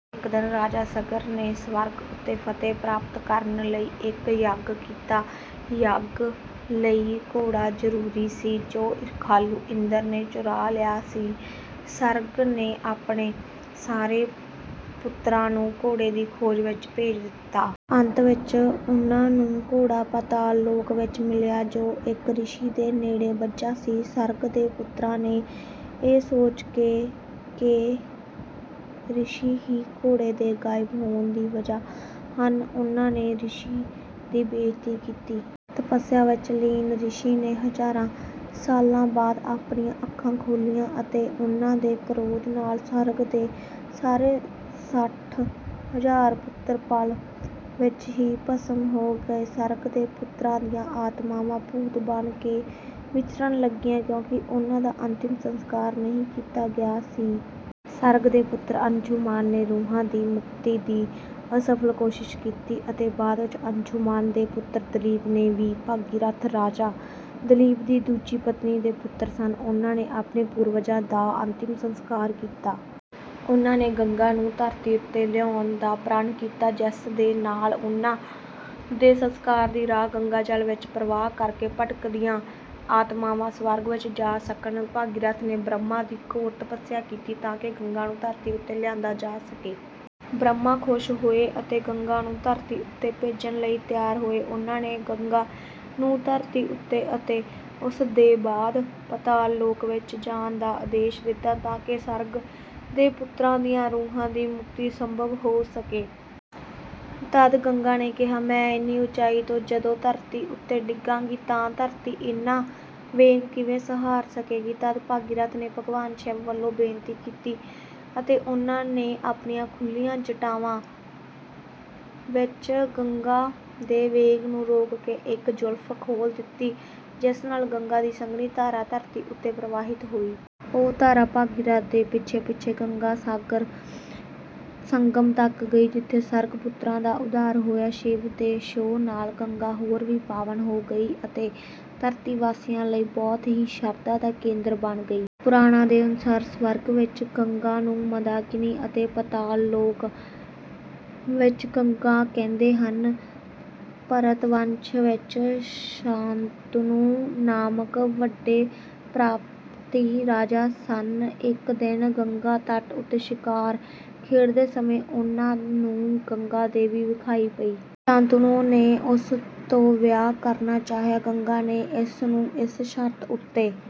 ਇੱਕ ਦਿਨ ਰਾਜਾ ਸਗਰ ਨੇ ਸਵਰਗ ਉੱਤੇ ਫਤਹਿ ਪ੍ਰਾਪਤ ਕਰਨ ਲਈ ਇੱਕ ਯੱਗ ਕੀਤਾ। ਯੱਗ ਲਈ ਘੋੜਾ ਜ਼ਰੂਰੀ ਸੀ, ਜੋ ਈਰਖਾਲੂ ਇੰਦਰ ਨੇ ਚੁਰਾ ਲਿਆ ਸੀ। ਸਗਰ ਨੇ ਆਪਣੇ ਸਾਰੇ ਪੁੱਤਰਾਂ ਨੂੰ ਘੋੜੇ ਦੀ ਖੋਜ ਵਿੱਚ ਭੇਜ ਦਿੱਤਾ। ਅੰਤ ਵਿੱਚ ਉਨ੍ਹਾਂ ਨੂੰ ਘੋੜਾ ਪਾਤਾਲ ਲੋਕ ਵਿੱਚ ਮਿਲਿਆ, ਜੋ ਇੱਕ ਰਿਸ਼ੀ ਦੇ ਨੇੜੇ ਬੱਝਾ ਸੀ। ਸਗਰ ਦੇ ਪੁੱਤਰਾਂ ਨੇ ਇਹ ਸੋਚ ਕੇ ਕਿ ਰਿਸ਼ੀ ਹੀ ਘੋੜੇ ਦੇ ਗਾਇਬ ਹੋਣ ਦੀ ਵਜ੍ਹਾ ਹਨ, ਉਨ੍ਹਾਂ ਨੇ ਰਿਸ਼ੀ ਦੀ ਬੇਇੱਜ਼ਤੀ ਕੀਤੀ। ਤਪੱਸਿਆ ਵਿੱਚ ਲੀਨ ਰਿਸ਼ੀ ਨੇ ਹਜ਼ਾਰਾਂ ਸਾਲ ਬਾਅਦ ਆਪਣੀਆਂ ਅੱਖਾਂ ਖੋਲ੍ਹੀਆਂ ਅਤੇ ਉਨ੍ਹਾਂ ਦੇ ਕ੍ਰੋਧ ਨਾਲ ਸਗਰ ਦੇ ਸਾਰੇ ਸੱਠ ਹਜ਼ਾਰ ਪੁੱਤਰ ਪਲ ਵਿੱਚ ਹੀ ਭਸਮ ਹੋ ਗਏ। ਸਗਰ ਦੇ ਪੁੱਤਰਾਂ ਦੀਆਂ ਆਤਮਾਵਾਂ ਭੂਤ ਬਣ ਕੇ ਵਿਚਰਨ ਲੱਗੀਆਂ, ਕਿਉਂਕਿ ਉਨ੍ਹਾਂ ਦਾ ਅੰਤਿਮ ਸੰਸਕਾਰ ਨਹੀਂ ਕੀਤਾ ਗਿਆ ਸੀ। ਸਗਰ ਦੇ ਪੁੱਤਰ ਅੰਸ਼ੁਮਾਨ ਨੇ ਰੂਹਾਂ ਦੀ ਮੁਕਤੀ ਦੀ ਅਸਫਲ ਕੋਸ਼ਿਸ਼ ਕੀਤੀ ਅਤੇ ਬਾਅਦ ਵਿੱਚ ਅੰਸ਼ੁਮਾਨ ਦੇ ਪੁੱਤਰ ਦਲੀਪ ਨੇ ਵੀ। ਭਗੀਰਥ ਰਾਜਾ ਦਲੀਪ ਦੀ ਦੂਜੀ ਪਤਨੀ ਦੇ ਪੁੱਤਰ ਸਨ। ਉਨ੍ਹਾਂ ਨੇ ਆਪਣੇ ਪੂਰਵਜਾਂ ਦਾ ਅੰਤਿਮ ਸੰਸਕਾਰ ਕੀਤਾ। ਉਨ੍ਹਾਂ ਨੇ ਗੰਗਾ ਨੂੰ ਧਰਤੀ ਉੱਤੇ ਲਿਆਉਣ ਦਾ ਪ੍ਰਣ ਕੀਤਾ, ਜਿਸ ਦੇ ਨਾਲ ਉਨ੍ਹਾਂ ਦੇ ਸੰਸਕਾਰ ਦੀ ਰਾਖ ਗੰਗਾਜਲ ਵਿੱਚ ਪ੍ਰਵਾਹ ਕਰਕੇ ਭਟਕਦੀਆਂ ਆਤਮਾਵਾਂ ਸਵਰਗ ਵਿੱਚ ਜਾ ਸਕਣ। ਭਗੀਰਥ ਨੇ ਬ੍ਰਹਮਾ ਦੀ ਘੋਰ ਤਪੱਸਿਆ ਕੀਤੀ, ਤਾਂਕਿ ਗੰਗਾ ਨੂੰ ਧਰਤੀ ਉੱਤੇ ਲਿਆਂਦਾ ਜਾ ਸਕੇ। ਬ੍ਰਹਮਾ ਖੁਸ਼ ਹੋਏ ਅਤੇ ਗੰਗਾ ਨੂੰ ਧਰਤੀ ਉੱਤੇ ਭੇਜਣ ਲਈ ਤਿਆਰ ਹੋਏ। ਉਨ੍ਹਾਂ ਨੇ ਗੰਗਾ ਨੂੰ ਧਰਤੀ ਉੱਤੇ ਅਤੇ ਉਸ ਦੇ ਬਾਅਦ ਪਾਤਾਲ ਲੋਕ ਵਿੱਚ ਜਾਣ ਦਾ ਆਦੇਸ਼ ਦਿੱਤਾ, ਤਾਂਕਿ ਸਗਰ ਦੇ ਪੁੱਤਰਾਂ ਦੀਆਂ ਰੂਹਾਂ ਦੀ ਮੁਕਤੀ ਸੰਭਵ ਹੋ ਸਕੇ। ਤਦ ਗੰਗਾ ਨੇ ਕਿਹਾ, “ਮੈਂ ਇੰਨੀ ਉੱਚਾਈ ਤੋਂ ਜਦੋਂ ਧਰਤੀ ਉੱਤੇ ਡਿੱਗਾਂਗੀ, ਤਾਂ ਧਰਤੀ ਇੰਨਾ ਵੇਗ ਕਿਵੇਂ ਸਹਾਰ ਸਕੇਗੀ?” ਤਦ ਭਗੀਰਥ ਨੇ ਭਗਵਾਨ ਸ਼ਿਵ ਵੱਲੋਂ ਬੇਨਤੀ ਕੀਤੀ ਅਤੇ ਉਨ੍ਹਾਂ ਨੇ ਆਪਣੀਆਂ ਖੁੱਲ੍ਹੀਆਂ ਜਟਾਵਾਂ ਵਿੱਚ ਗੰਗਾ ਦੇ ਵੇਗ ਨੂੰ ਰੋਕ ਕੇ ਇੱਕ ਜੁਲਫ਼ ਖੋਲ੍ਹ ਦਿੱਤੀ, ਜਿਸ ਨਾਲ ਗੰਗਾ ਦੀ ਸੰਘਣੀ ਧਾਰਾ ਧਰਤੀ ਉੱਤੇ ਪ੍ਰਵਾਹਿਤ ਹੋਈ। ਉਹ ਧਾਰਾ ਭਗੀਰਥ ਦੇ ਪਿੱਛੇ-ਪਿੱਛੇ ਗੰਗਾ ਸਾਗਰ ਸੰਗਮ ਤੱਕ ਗਈ, ਜਿੱਥੇ ਸਗਰ-ਪੁੱਤਰਾਂ ਦਾ ਉੱਧਾਰ ਹੋਇਆ। ਸ਼ਿਵ ਦੇ ਛੋਹ ਨਾਲ ਗੰਗਾ ਹੋਰ ਵੀ ਪਾਵਨ ਹੋ ਗਈ ਅਤੇ ਧਰਤੀ ਵਾਸੀਆਂ ਲਈ ਬਹੁਤ ਹੀ ਸ਼ਰਧਾ ਦਾ ਕੇਂਦਰ ਬਣ ਗਈ। ਪੁਰਾਣਾਂ ਦੇ ਅਨੁਸਾਰ, ਸਵਰਗ ਵਿੱਚ ਗੰਗਾ ਨੂੰ ਮੰਦਾਕਿਨੀ ਅਤੇ ਪਾਤਾਲ ਲੋਕ ਵਿੱਚ ਗੰਗਾ ਕਹਿੰਦੇ ਹਨ। ਭਰਤਵੰਸ਼ ਵਿੱਚ ਸ਼ਾਂਤਨੁ ਨਾਮਕ ਵੱਡੇ ਪ੍ਰਤਾਪੀ ਰਾਜਾ ਸਨ। ਇੱਕ ਦਿਨ ਗੰਗਾ ਤਟ ਉੱਤੇ ਸ਼ਿਕਾਰ ਖੇਡਦੇ ਸਮੇਂ ਉਨ੍ਹਾਂ ਨੂੰ ਗੰਗਾ ਦੇਵੀ ਵਿਖਾਈ ਪਈ। ਸ਼ਾਂਤਨੁ ਨੇ ਉਸ ਤੋਂ ਵਿਆਹ ਕਰਨਾ ਚਾਹਿਆ। ਗੰਗਾ ਨੇ ਇਸ ਨੂੰ ਇਸ ਸ਼ਰਤ ਉੱਤੇ...